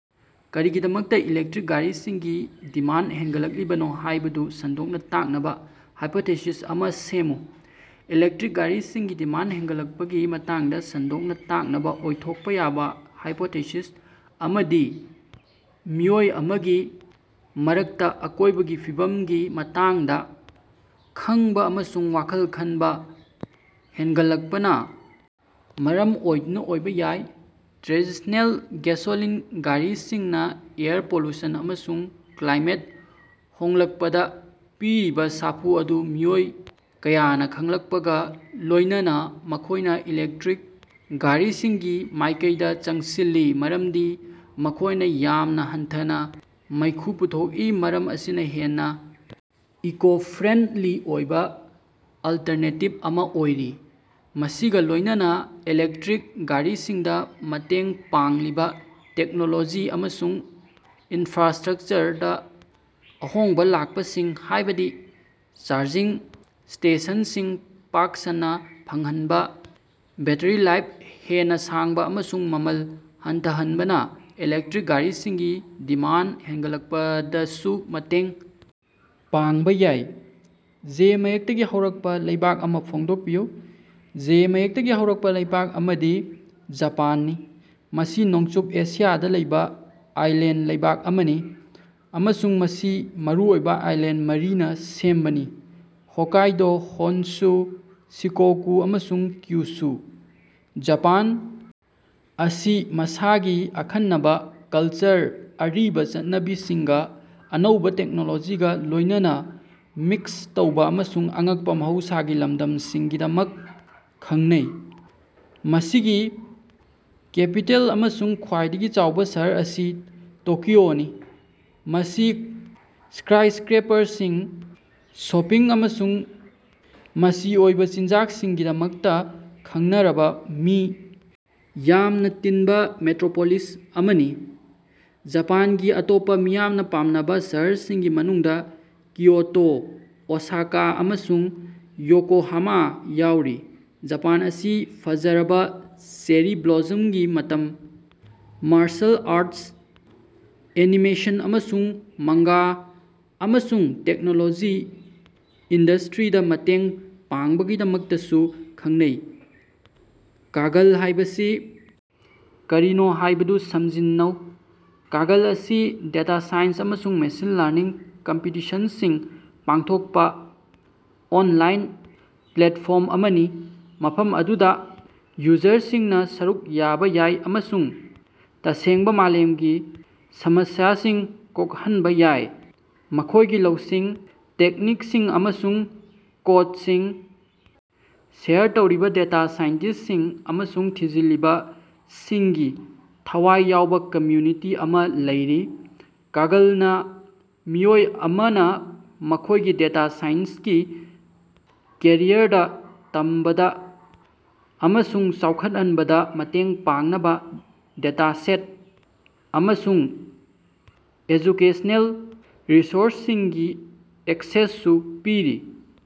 ꯀꯔꯤꯒꯤꯗꯃꯛꯇ electric ꯒꯥꯔꯤꯁꯤꯡꯒꯤ demand ꯍꯦꯟꯒꯠꯂꯛꯂꯤꯕꯅꯣ ꯍꯥꯢꯕꯗꯨ ꯁꯟꯗꯣꯛꯅ ꯇꯥꯛꯅꯕ ꯍꯥꯏꯄꯣꯊꯦꯁꯤꯁ ꯑꯃꯥ ꯁꯦꯝꯃꯨ꯫ ꯏꯂꯦꯛꯇ꯭ꯔꯤꯛ ꯒꯥꯔꯤꯁꯤꯡꯒꯤ ꯗꯤꯃꯥꯟꯗ ꯍꯦꯟꯒꯠꯂꯛꯄꯒꯤ ꯃꯇꯥꯡꯗ ꯁꯟꯗꯣꯛꯅ ꯇꯥꯛꯅꯕ ꯑꯣꯏꯊꯣꯛꯄ ꯌꯥꯕ ꯍꯥꯏꯄꯣꯊꯦꯁꯤꯁ ꯑꯃꯗꯤ ꯃꯤꯑꯣꯏ ꯑꯃꯒꯤ ꯃꯔꯛꯇ ꯑꯀꯣꯢꯕꯒꯤ ꯐꯤꯕꯝꯒꯤ ꯃꯇꯥꯡꯗ ꯈꯡꯕꯥ ꯑꯃꯁꯨꯡ ꯋꯥꯈꯜ ꯈꯟꯕ ꯍꯦꯟꯒꯠꯂꯛꯄꯅ ꯃꯔꯝ ꯑꯣꯏꯗꯨꯅ ꯑꯣꯏꯕ ꯌꯥꯏ꯫ ꯇ꯭ꯔꯦꯗꯤꯁꯅꯦꯜ ꯒꯦꯁꯣꯂꯤꯟ ꯒꯥꯔꯤꯁꯤꯡꯅ ꯑꯦꯌꯔ ꯄꯣꯂꯨꯁꯟ ꯑꯃꯁꯨꯡ ꯀ꯭ꯂꯥꯏꯃꯦꯠ ꯍꯣꯡꯂꯛꯄꯗ ꯄꯤꯔꯤꯕ ꯁꯥꯐꯨ ꯑꯗꯨ ꯃꯤꯑꯣꯏ ꯀꯌꯥꯅ ꯈꯡꯂꯛꯄꯒ ꯂꯣꯢꯅꯅꯥ ꯃꯈꯣꯢꯅ ꯏꯂꯦꯛꯇ꯭ꯔꯤꯛ ꯒꯥꯔꯤꯁꯤꯡꯒꯤ ꯃꯥꯢꯀꯩꯗ ꯆꯪꯁꯤꯜꯂꯤ ꯃꯔꯝꯗꯤ ꯃꯈꯣꯢꯅ ꯌꯥꯝꯅ ꯍꯟꯊꯅ ꯃꯩꯈꯨ ꯄꯨꯊꯣꯛꯏ ꯃꯔꯝ ꯑꯁꯤꯅ ꯍꯦꯟꯅ ꯏꯀꯣ-ꯐ꯭ꯔꯦꯟꯗꯂꯤ ꯑꯣꯏꯕ ꯑꯜꯇꯔꯅꯦꯇꯤꯕ ꯑꯃ ꯑꯣꯏꯔꯤ꯫ ꯃꯁꯤꯒ ꯂꯣꯢꯅꯅꯥ ꯏꯂꯦꯛꯇ꯭ꯔꯤꯛ ꯒꯥꯔꯤꯁꯤꯡꯗ ꯃꯇꯦꯡ ꯄꯥꯡꯂꯤꯕꯥ ꯇꯦꯛꯅꯣꯂꯣꯖꯤ ꯑꯃꯁꯨꯡ ꯏꯟꯐ꯭ꯔꯥꯁꯇ꯭ꯔꯛꯆꯔꯗ ꯑꯍꯣꯡꯕ ꯂꯥꯛꯄꯁꯤꯡ ꯍꯥꯢꯕꯗꯤ ꯆꯥꯔꯖꯤꯡ ꯁ꯭ꯇꯦꯁꯟꯁꯤꯡ ꯄꯥꯛ ꯁꯟꯅ ꯐꯪꯍꯟꯕ ꯕꯦꯠꯇ꯭ꯔꯤ-ꯂꯥꯏꯐ ꯍꯦꯟꯅ ꯁꯥꯡꯕ ꯑꯃꯁꯨꯡ ꯃꯃꯜ ꯍꯟꯊꯍꯟꯕꯅ ꯏꯂꯦꯛꯇ꯭ꯔꯤꯛ ꯒꯥꯔꯤꯁꯤꯡꯒꯤ ꯗꯤꯃꯥꯟꯗ ꯍꯦꯟꯒꯠꯂꯛꯄꯗꯁꯨ ꯃꯇꯦꯡ ꯄꯥꯡꯕ ꯌꯥꯏ꯫ ꯖꯦ ꯃꯌꯦꯛꯇꯒꯤ ꯍꯧꯔꯛꯄ ꯂꯩꯕꯥꯛ ꯑꯃ ꯐꯣꯡꯗꯣꯛꯄꯤꯌꯨ꯫ ꯖꯦ ꯃꯌꯦꯛꯇꯒꯤ ꯍꯧꯔꯛꯄ ꯂꯩꯕꯥꯛ ꯑꯃꯗꯤ ꯖꯄꯥꯟꯅꯤ꯫ ꯃꯁꯤ ꯅꯣꯡꯆꯨꯞ ꯑꯦꯁꯤꯌꯥꯗ ꯂꯩꯕ ꯑꯥꯏꯂꯦꯟꯗ ꯂꯩꯕꯥꯛ ꯑꯃꯅꯤ ꯑꯃꯁꯨꯡ ꯃꯁꯤ ꯃꯔꯨꯑꯣꯏꯕ ꯑꯥꯏꯂꯦꯟꯗ ꯃꯔꯤꯅꯥ ꯁꯦꯝꯕꯅꯤ ꯍꯣꯛꯀꯥꯏꯗꯣ, ꯍꯣꯟꯁꯨ, ꯁꯤꯀꯣꯀꯨ ꯑꯃꯁꯨꯡ ꯀ꯭ꯌꯨꯁꯨ꯫ ꯖꯄꯥꯟ ꯑꯁꯤ ꯃꯁꯥꯒꯤ ꯑꯈꯟꯅꯕ ꯀꯜꯆꯔ ꯑꯔꯤꯕ ꯆꯠꯅꯕꯤꯁꯤꯡꯒ ꯑꯅꯧꯕ ꯇꯦꯛꯅꯣꯂꯣꯖꯤꯒ ꯂꯣꯢꯅꯅꯥ ꯃꯤꯛꯁ ꯇꯧꯕꯥ ꯑꯃꯁꯨꯡ ꯑꯉꯛꯄ ꯃꯍꯧꯁꯥꯒꯤ ꯂꯝꯗꯝꯁꯤꯡꯒꯤꯗꯃꯛ ꯈꯪꯅꯩ꯫ ꯃꯁꯤꯒꯤ ꯀꯦꯄꯤꯇꯦꯜ ꯑꯃꯁꯨꯡ ꯈ꯭ꯋꯥꯏꯗꯒꯤ ꯆꯥꯎꯕ ꯁꯍꯔ ꯑꯁꯤ ꯇꯣꯀꯤꯑꯣꯅꯤ ꯃꯁꯤ ꯁ꯭ꯀꯥꯏꯁꯀ꯭ꯔꯦꯄꯔꯁꯤꯡ ꯁꯣꯄꯤꯡ ꯑꯃꯁꯨꯡ ꯃꯆꯤ ꯑꯣꯏꯕ ꯆꯤꯟꯖꯥꯛꯁꯤꯡꯒꯤꯗꯃꯛꯇ ꯈꯡꯅꯔꯕ ꯃꯤ ꯌꯥꯝꯅ ꯇꯤꯟꯕ ꯃꯦꯇ꯭ꯔꯣꯄꯣꯂꯤꯁ ꯑꯃꯅꯤ꯫ ꯖꯄꯥꯟꯒꯤ ꯑꯇꯣꯞꯄ ꯃꯤꯌꯥꯝꯅ ꯄꯥꯝꯅꯕ ꯁꯍꯔꯁꯤꯡꯒꯤ ꯃꯅꯨꯡꯗ ꯀꯤꯌꯣꯇꯣ ꯑꯣꯁꯥꯀꯥ ꯑꯃꯁꯨꯡ ꯌꯣꯀꯣꯍꯥꯃꯥ ꯌꯥꯎꯔꯤ꯫ ꯖꯄꯥꯟ ꯑꯁꯤ ꯐꯖꯔꯕ ꯆꯦꯔꯤ ꯕ꯭ꯂꯣꯁꯝꯒꯤ ꯃꯇꯝ, ꯃꯥꯔꯁꯜ ꯑꯥꯔꯠ, ꯑꯦꯅꯤꯃꯦꯁꯟ ꯑꯃꯁꯨꯡ ꯃꯥꯡꯒꯥ ꯑꯃꯁꯨꯡ ꯇꯦꯛꯅꯣꯂꯣꯖꯤ ꯏꯟꯗꯁꯇ꯭ꯔꯤꯗ ꯃꯇꯦꯡ ꯄꯥꯡꯕꯒꯤꯗꯃꯛꯇꯁꯨ ꯈꯪꯅꯩ꯫ ꯀꯥꯒꯜ ꯍꯥꯢꯕꯁꯤ ꯀꯔꯤꯅꯣ ꯍꯥꯢꯕꯗꯨ ꯁꯝꯖꯤꯟꯅꯧ꯫ ꯀꯥꯒꯜ ꯑꯁꯤ ꯗꯦꯇꯥ ꯁꯥꯏꯟꯁ ꯑꯃꯁꯨꯡ ꯃꯦꯁꯤꯟ ꯂꯔꯅꯤꯡ ꯀꯝꯄꯤꯇꯤꯁꯟꯁꯤꯡ ꯄꯥꯡꯊꯣꯛꯄ ꯑꯣꯟꯂꯥꯏꯟ ꯄ꯭ꯂꯦꯠꯐꯣꯔꯝ ꯑꯃꯅꯤ ꯃꯐꯝ ꯑꯗꯨꯗ ꯌꯨꯖꯔꯁꯤꯡꯅ ꯁꯔꯨꯛ ꯌꯥꯕ ꯌꯥꯏ ꯑꯃꯁꯨꯡ ꯇꯁꯦꯡꯕ ꯃꯥꯂꯦꯝꯒꯤ ꯁꯃꯁ꯭ꯌꯥꯁꯤꯡ ꯀꯣꯛꯍꯟꯕ ꯌꯥꯏ꯫ ꯃꯈꯣꯢꯒꯤ ꯂꯧꯁꯤꯡ, ꯇꯦꯛꯅꯤꯛꯁꯤꯡ ꯑꯃꯁꯨꯡ ꯀꯣꯗꯁꯤꯡ ꯁꯦꯌꯔ ꯇꯧꯔꯤꯕ ꯗꯦꯇꯥ ꯁꯥꯏꯟꯇꯤꯁꯇꯁꯤꯡ ꯑꯃꯁꯨꯡ ꯊꯤꯖꯤꯜꯂꯤꯕ ꯁꯤꯡꯒꯤ ꯊꯋꯥꯏ ꯌꯥꯎꯕ ꯀꯝꯃ꯭ꯌꯨꯅꯤꯇꯤ ꯑꯃ ꯂꯩꯔꯤ꯫ ꯀꯥꯒꯜꯅꯥ ꯃꯤꯑꯣꯏ ꯑꯃꯅ ꯃꯈꯣꯢꯒꯤ ꯗꯦꯇꯥ ꯁꯥꯏꯟꯁꯀꯤ ꯀꯦꯔꯤꯌꯔꯗ ꯇꯝꯕꯗ ꯑꯃꯁꯨꯡ ꯆꯥꯎꯈꯠꯍꯟꯕꯗ ꯃꯇꯦꯡ ꯄꯥꯡꯅꯕ ꯗꯦꯇꯥꯁꯦꯠ ꯑꯃꯁꯨꯡ ꯑꯦꯖꯨꯀꯦꯁꯅꯦꯜ ꯔꯤꯁꯣꯔꯁꯁꯤꯡꯒꯤ ꯑꯦꯛꯁꯦꯁꯁꯨ ꯄꯤꯔꯤ꯫